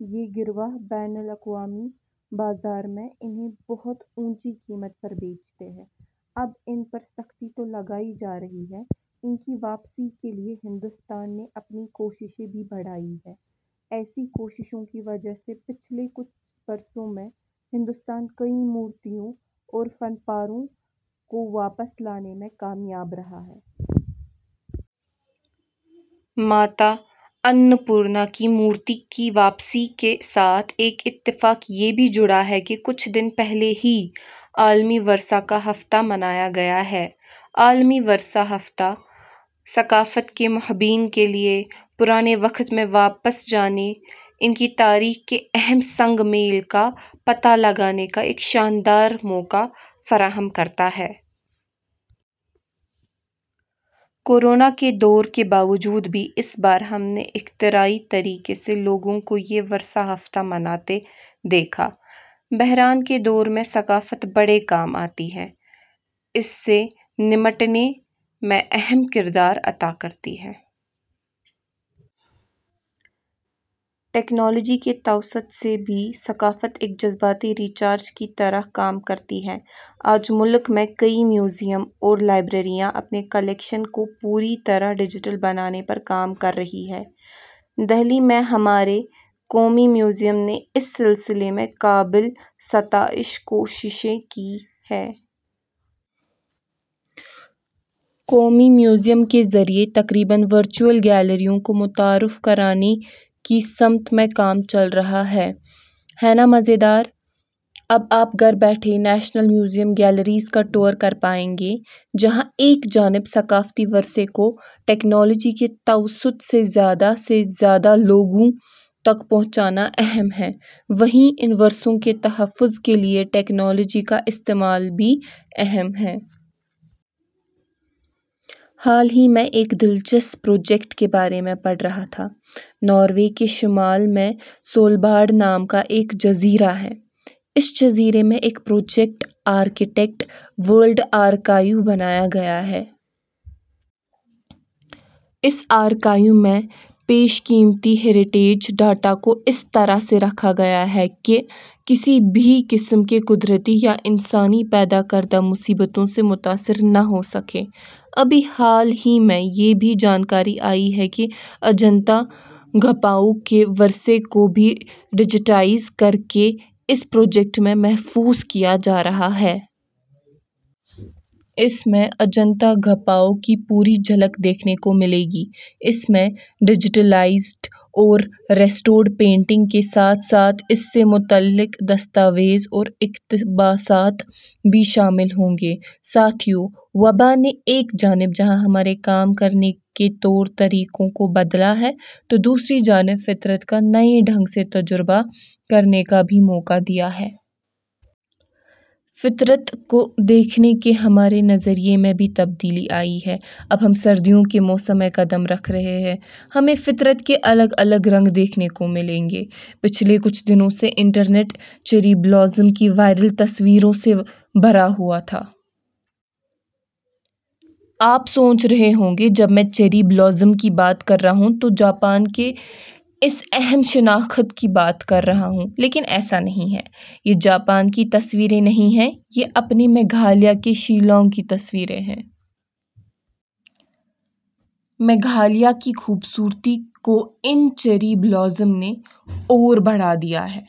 یہ گروہ بین الاقوامی بازار میں، انہیں بہت اونچی قیمت پر بیچتے ہیں۔ اب ان پر سختی تو لگائی جارہی ہے ان کی واپسی کیلئے ہندوستان نے اپنی کوششیں بھی بڑھائی ہیں۔ ایسی کوششوں کی وجہ سے پچھلے کچھ برسوں میں ہندوستان کئی مورتیوں اور فن پاروں کو واپس لانے میں کامیاب رہا ہے۔ ماتا انّ پورنا کی مورتی کی واپسی کے سا تھ، ایک اتفاق یہ بھی جڑا ہے کہ کچھ دن پہلے ہی عالمی ورثہ کا ہفتہ منایا گیا ہے۔ عالمی ورثہ ہفتہ، ثقافت کے محبین کیلئے، پرانے وقت میں واپس جانے، ان کی تاریخ کے اہم سنگ میل کا پتہ لگانے کا ایک شاندار موقع فراہم کرتا ہے۔ کورونا کے دور کے باوجود بھی اس بار ہم نے اختراعی طریقے سے لوگوں کو یہ ورثہ ہفتہ مناتے دیکھا۔ بحران کے دور میں ثقافت بڑے کام آتی ہے۔ اس سے نمٹنے میں اہم کردار ادا کرتی ہے۔ ٹیکنالوجی کے توسط سے بھی ثقافت ایک جذباتی ریچارج کی طرح کام کرتی ہے۔ آج ملک میں کئی میوزیم اور لائبریریاں اپنے کلیکشن کو پوری طرح ڈیجیٹل بنانے پر کام کررہی ہیں۔ دہلی میں ہمارے قومی میوزیم نے اس سلسلے میں قابل ستائش کوششیں کی ہیں۔ قومی میوزیم کے ذریعے تقریباً ورچوول گیلریوں کو متعارف کرانے کی سمت میں کام چل رہا ہے۔ ہے نا مزیدار! اب آپ گھر بیٹھے نیشنل میوزیم گیلریز کا ٹور کرپائیں گے، جہاں ایک جانب ثقافتی ورثے کو ٹیکنالوجی کے توسط سے زیادہ سے زیادہ لوگوں تک پہنچانا اہم ہے وہیں ان ورثوں کے تحفظ کیلئے ٹیکنالوجی کا استعمال بھی اہم ہے۔ حال ہی میں ایک دلچسپ پروجیکٹ کے بارے میں پڑھ رہا تھا، ناروے کے شمال میں سولباڈ نام کا ایک جزیرہ ہے ، اس جزیرے میں ایک پروجیکٹ آرکٹک ورلڈ آرکائیو بنایا گیا ہے۔ اس آرکائیو میں بیش قیمتی ہیریٹیج ڈاٹا کو اس طرح سے رکھا گیا ہے کہ کسی بھی قسم کے قدرتی یا انسانی پیدا کردہ مصیبتوں سے متاثر نہ ہوسکیں۔ ابھی حال ہی میں یہ بھی جانکاری آئی ہے کہ اجنتا گپھاؤں کے ورثے کو بھی ڈیجیٹائز کرکے اس پروجیکٹ میں محفوظ کیا جارہا ہے۔ اس میں اجنتا گپھاؤں کی پوری جھلک دیکھنے کو ملے گی۔ اس میں ڈیجیٹلائزڈ اور ریسٹورڈ پینٹنگ کے ساتھ ساتھ اس سے متعلق دستاویز اور اقتباسات بھی شامل ہوں گے۔ ساتھیو، وبا نے ایک جانب جہاں ہمارے کام کرنے کے طور طریقوں کو بدلا ہے تو دوسری جانب فطرت کا نئے ڈھنگ سے تجربہ کرنے کا بھی موقع دیا ہے۔ فطرت کو دیکھنے کے ہمارے نظریے میں بھی تبدیلی آئی ہے۔ اب ہم سردیوں کے موسم میں قدم رکھ رہے ہیں، ہمیں فطرت کے الگ الگ رنگ دیکھنے کو ملیں گے۔ پچھلے کچھ دنوں سے انٹرنیٹ، چیری بلوزم کی وائرل تصویروں سے بھرا ہوا ہے۔ آپ سوچ رہے ہوں گے جب میں چیری بلوزم کی بات کررہا ہوں تو جاپان کے اس اہم شناخت کی بات کررہا ہوں۔ لیکن ایسا نہیں ہے۔ یہ جاپان کی تصویریں نہیں ہیں، یہ اپنے میگھالیہ کے شیلانگ کی تصویریں ہیں۔ میگھالیہ کی خوبصورتی کو ان چیری بلوزم نے اور بڑھادیا ہے۔